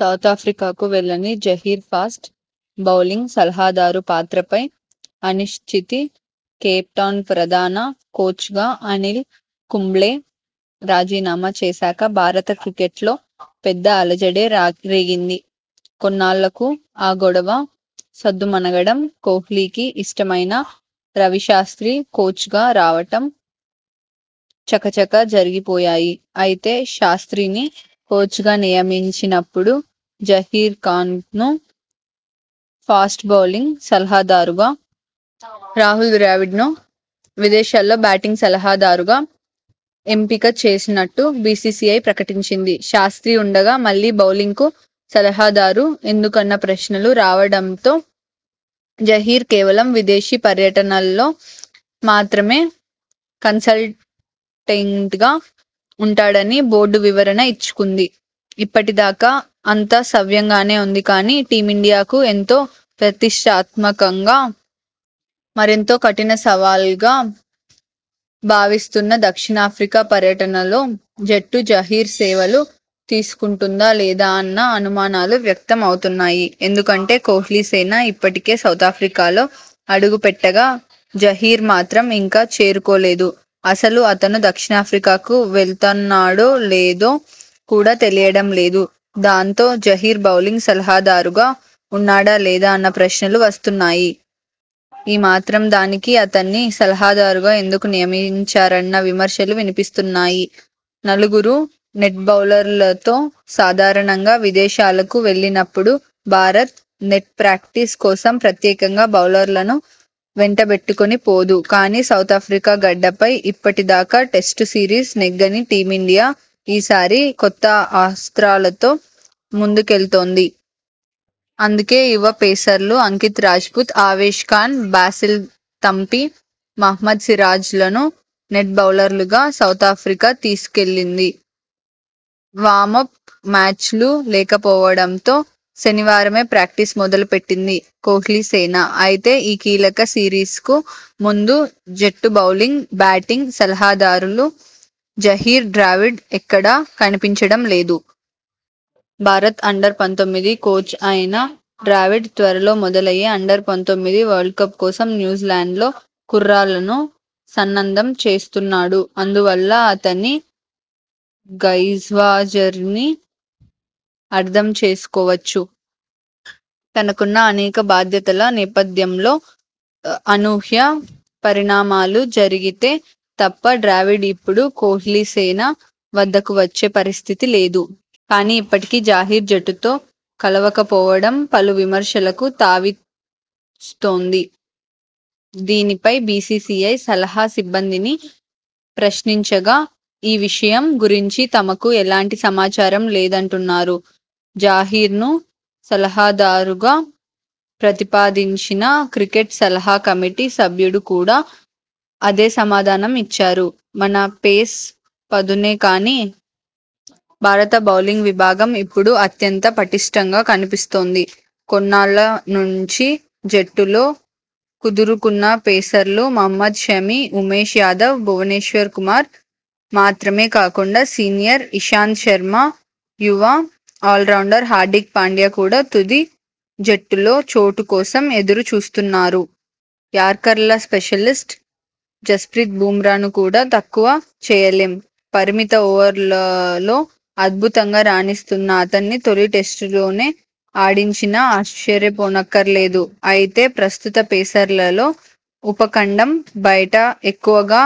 సౌతాఫ్రికాకు వెళ్లని Zaheer fast bowling సలహాదారు పాత్రపై అనిశ్చితికేప్టౌన్ ప్రధాన కోచ్గా అనిల్ కుంబ్లే రాజీనామా చేశాక భారత క్రికెట్లో పెద్ద అలజడే రా రేగింది. కొన్నాళ్లకు ఆ గొడవ సద్దుమణగడం.. కోహ్లీకి ఇష్టమైన రవిశాస్ర్తి కోచ్గా రావటం చకచకా జరిగిపోయాయి. అయితే.. శాస్ర్తిని కోచ్గా నియమించి నప్పుడు జహీర్ ఖాన్ను ఫాస్ట్ బౌలింగ్ సలహాదారుగా.. రాహుల్ ద్రావిడ్ను విదేశాల్లో బ్యాటింగ్ సలహాదారుగా ఎంపిక చేసినట్టు బీసీసీఐ ప్రకటించింది. శాస్ర్తి ఉండగా.. మళ్లీ బౌలింగ్కు సలహాదారు ఎందుకన్న ప్రశ్నలు రావడంతో జహీర్ కేవలం విదేశీ పర్యటనల్లో మాత్రమే కన్సల్టెంట్గా ఉంటాడని బోర్డు వివరణ ఇచ్చుకుంది. ఇప్పటిదాకా అంతా సవ్యంగానే ఉంది. కానీ, టీమిండియాకు ఎంతో ప్రతిష్టాత్మకంగా.. మరెంతో కఠిన సవాల్గా భావిస్తున్న దక్షిణాఫ్రికా పర్యటనలో జట్టు జహీర్ సేవలు తీసుకుంటుందా లేదా అన్న అనుమానాలు వ్యక్తం అవుతున్నాయి. ఎందుకంటే కోహ్లీసేన ఇప్పటికే సౌతాఫ్రికాలో అడుగుపెట్టగా.. జహీర్ మాత్రం ఇంకా చేరుకోలేదు. అసలు అతను దక్షిణాఫ్రికాకు వెళ్తున్నాడో లేదో కూడా తెలియడం లేదు. దాంతో, జహీర్ బౌలింగ్ సలహాదారుగా ఉన్నాడా లేదా అన్న ప్రశ్నలు వస్తున్నాయి. ఈ మాత్రం దానికి అతణ్ణి సలహాదారుగా ఎందుకు నియమించారన్న విమర్శలు వినిపిస్తున్నాయి. నలుగురు నెట్ బౌలర్లతో.. సాధారణంగా విదేశాలకు వెళ్లినప్పుడు భారత్ నెట్ ప్రాక్టీస్ కోసం ప్రత్యేకంగా బౌలర్లను వెంటబెట్టుకొని పోదు. కానీ, సౌతాఫ్రికా గడ్డపై ఇప్పటిదాకా టెస్టు సిరీస్ నెగ్గని టీమిండియా ఈ సారి కొత్త అస్ర్తాలతో ముందుకెళ్తోంది. అందుకే.. యువ పేసర్లు అంకిత్ రాజ్పుత్, అవేశ్ ఖాన్, బాసిల్ థంపి, మహమ్మద్ సిరాజ్లను నెట్ బౌలర్లుగా సౌతాఫ్రికా తీసుకెళ్లింది. వామప్ మ్యాచ్లు లేకపోవడంతో.. శనివారమే ప్రాక్టీస్ మొదలు పెట్టింది కోహ్లీసేన. అయితే, ఈ కీలక సిరీస్కు ముందు జట్టు బౌలింగ్, బ్యాటింగ్ సలహాదారులు జహీర్, ద్రావిడ్ ఎక్కడా కనిపించడం లేదు. భారత అండర్-పంతొమ్మిది కోచ్ కూడా అయిన ద్రావిడ్ త్వరలో మొదలయ్యే అండర్-పంతొమ్మిది వరల్డ్ కప్ కోసం న్యూజిలాండ్లో కుర్రాళ్లను సన్నద్ధం చేస్తున్నాడు. అందువల్ల అతని గైస్వాజరీని అర్థం చేసుకోవచ్చు. తనకున్న అనేక బాధ్యతల నేపథ్యంలో అనూహ్య పరిణామాలు జరిగితే తప్ప ద్రావిడ్ ఇప్పుడు కోహ్లీసేన వద్దకు వచ్చే పరిస్థితి లేదు. కానీ, ఇప్పటికీ జహీర్ జట్టుతో కలవకపోవడం పలు విమర్శలకు తావిస్తోంది. దీనిపై బీసీసీఐ సలహ సిబ్బందిని ప్రశ్నించగా.. ఈ విషయం గురించి తమకు ఎలాంటి సమాచారం లేదంటున్నా రు. జహీర్ను సలహాదారుగా ప్రతిపాదించిన క్రికెట్ సలహా కమిటీ సభ్యుడు కూడా అదే సమాధానం ఇచ్చారు. మన పేస్ పదునే కానీ.. భారత బౌలింగ్ విభాగం ఇప్పుడు అత్యంత పటిష్ఠంగా కనిపిస్తోంది. కొన్నాళ్ల నుంచి జట్టులో కుదురుకున్న పేసర్లు మహమ్మద్ షమి, ఉమేష్ యాదవ్, భువనేశ్వర్ కుమార్ మాత్రమే కాకుండా సీనియర్ ఇషాంత్ శర్మ, యువ ఆల్రౌండర్ హార్దిక్ పాండ్యా కూడా తుది జట్టులో చోటు కోసం ఎదురు చూస్తున్నారు. యార్కర్ల స్పెషలిస్ట్ జస్ప్రీత్ బుమ్రాను కూడా తక్కువ చేయలేం. పరిమిత ఓవర్లలో అద్భుతంగా రాణిస్తున్న అతణ్ణి తొలి టెస్టులోనే ఆడించినా ఆశ్చర్యపోనక్కర్లేదు. అయితే, ప్రస్తుత పేసర్లలో ఉపఖండం బయట ఎక్కువగా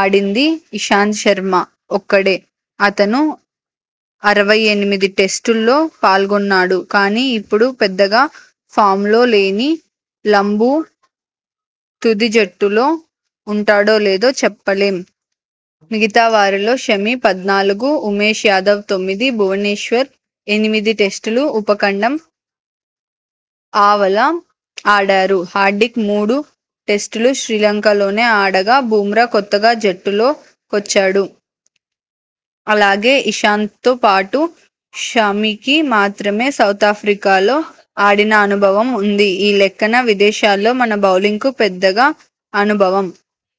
ఆడింది ఇషాంత్ శర్మ ఒక్కడే. అతను.. అరవై ఎనిమిది టెస్టుల్లో పాల్గొన్నాడు. కానీ, ఇప్పుడు పెద్దగా ఫామ్లో లేని లంబూ తుది జట్టులో ఉంటాడో లేడో చెప్పలేం. మిగతా వారిలో షమి పద్నాలుగు, ఉమేష్ యాదవ్ తొమ్మిది, భువనేశ్వర్ ఎనిమిది టెస్టులు ఉపఖండం ఆవల ఆడారు. హార్దిక్ మూడు టెస్టులు శ్రీలంకలోనే ఆడగా.. బుమ్రా కొత్తగా జట్టులో కొచ్చాడు. అలాగే, ఇషాంత్తో పాటు షమికి మాత్రమే సౌతాఫ్రికా లో ఆడిన అనుభవం ఉంది. ఈ లెక్కన విదేశాల్లో మన బౌలింగ్కు పెద్దగా అనుభవం.